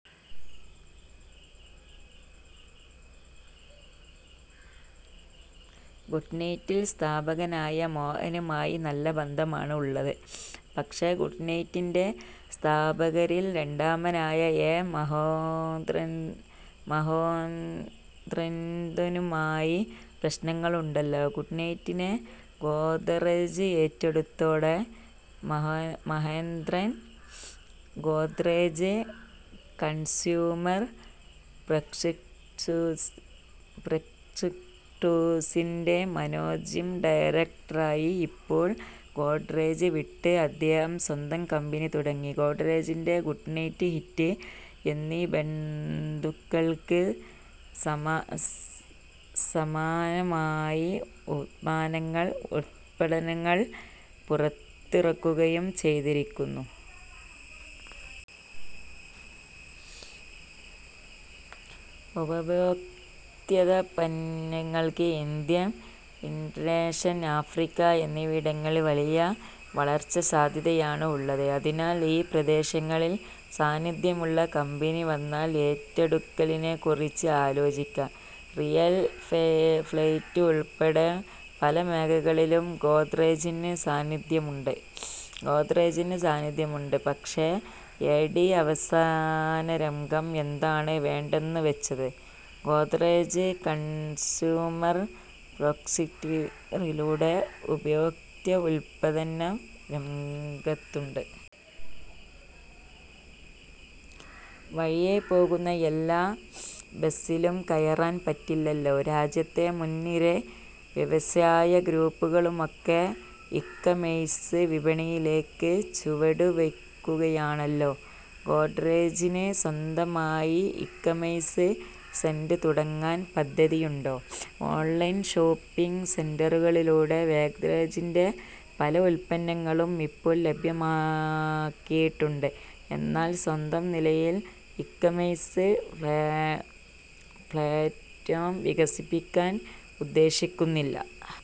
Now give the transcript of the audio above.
Good നൈറ്റിന്റെ സ്ഥാപകനായ മോഹനുമായി നല്ല ബന്ധമാണ് ഉള്ളത്. പക്ഷേ, ഗുഡ്നൈറ്റിന്റെ സ്ഥാപകരിൽ രണ്ടാമനായ എ. മഹേന്ദ്രനുമായി പ്രശ്നങ്ങളുണ്ടല്ലോ. ഗുഡ്നൈറ്റിനെ ഗോദ്റെജ് ഏറ്റെടുത്തതോടെ മഹേന്ദ്രൻ, ഗോദ്റെജ് കൺസ്യൂമർ പ്രോഡക്ട്സിന്റെ മാനേജിങ് ഡയറക്ടറായി. ഇപ്പോൾ ഗോദ്റെജ് വിട്ട് അദ്ദേഹം സ്വന്തം കമ്പനി തുടങ്ങി. ഗോദ്റെജിന്റെ ഗുഡ്നൈറ്റ്, ഹിറ്റ് എന്നീ ബ്രാൻഡുകൾക്ക് സമാനമായ ഉത്പന്നങ്ങൾ പുറത്തിറക്കുകയും ചെയ്തിരിക്കുകയാണ്. ഉപഭോക്തൃ ഉത്പന്നങ്ങൾക്ക് ഇന്ത്യ, ഇൻഡൊനീഷ്യ, ആഫ്രിക്ക എന്നിവിടങ്ങളിൽ വലിയ വളർച്ചാ സാധ്യതയാണ് ഉള്ളത്. അതിനാൽ, ഈ പ്രദേശങ്ങളിൽ സാന്നിധ്യമുള്ള കമ്പനികൾ വന്നാൽ ഏറ്റെടുക്കലിനെക്കുറിച്ച് ആലോചിക്കും. റിയൽ എസ്റ്റേറ്റ് ഉൾപ്പെടെ പല മേഖലകളിലും ഗോദ്റെജിന് സാന്നിധ്യമുണ്ട്. പക്ഷേ, ഐ. ടി. സേവനരംഗം എന്താണ് വേണ്ടെന്നു വച്ചത്. ഗോദ്റെജ് കൺസ്യൂമർ പ്രോഡക്ട്സിലൂടെ ഉപഭോക്തൃ ഉത്പന്ന രംഗത്തുണ്ട്. വഴിയേ പോകുന്ന എല്ലാ ബസ്സിലും കയറാൻ പറ്റില്ലല്ലോ. രാജ്യത്തെ മുൻനിര വ്യവസായ ഗ്രൂപ്പുകളൊക്കെ ഇകൊമേഴ്സ് വിപണിയിലേക്ക് ചുവടു വയ്ക്കുകയാണല്ലോ. ഗോദ്റെജിന് സ്വന്തമായി ഇകൊമേഴ്സ് സൈറ്റ് തുടങ്ങാൻ പദ്ധതിയുണ്ടോ. ഓൺലൈൻ ഷോപ്പിങ് സൈറ്റുകളിലൂടെ ഗോദ്റെജിന്റെ പല ഉത്പന്നങ്ങളും ഇപ്പോൾ ലഭ്യമാക്കിയിട്ടുണ്ട്. എന്നാൽ, സ്വന്തം നിലയിൽ ഇകൊമേഴ്സ് പ്ലാറ്റ്ഫോം വികസിപ്പിക്കാൻ ഉദ്ദേശിക്കുന്നില്ല.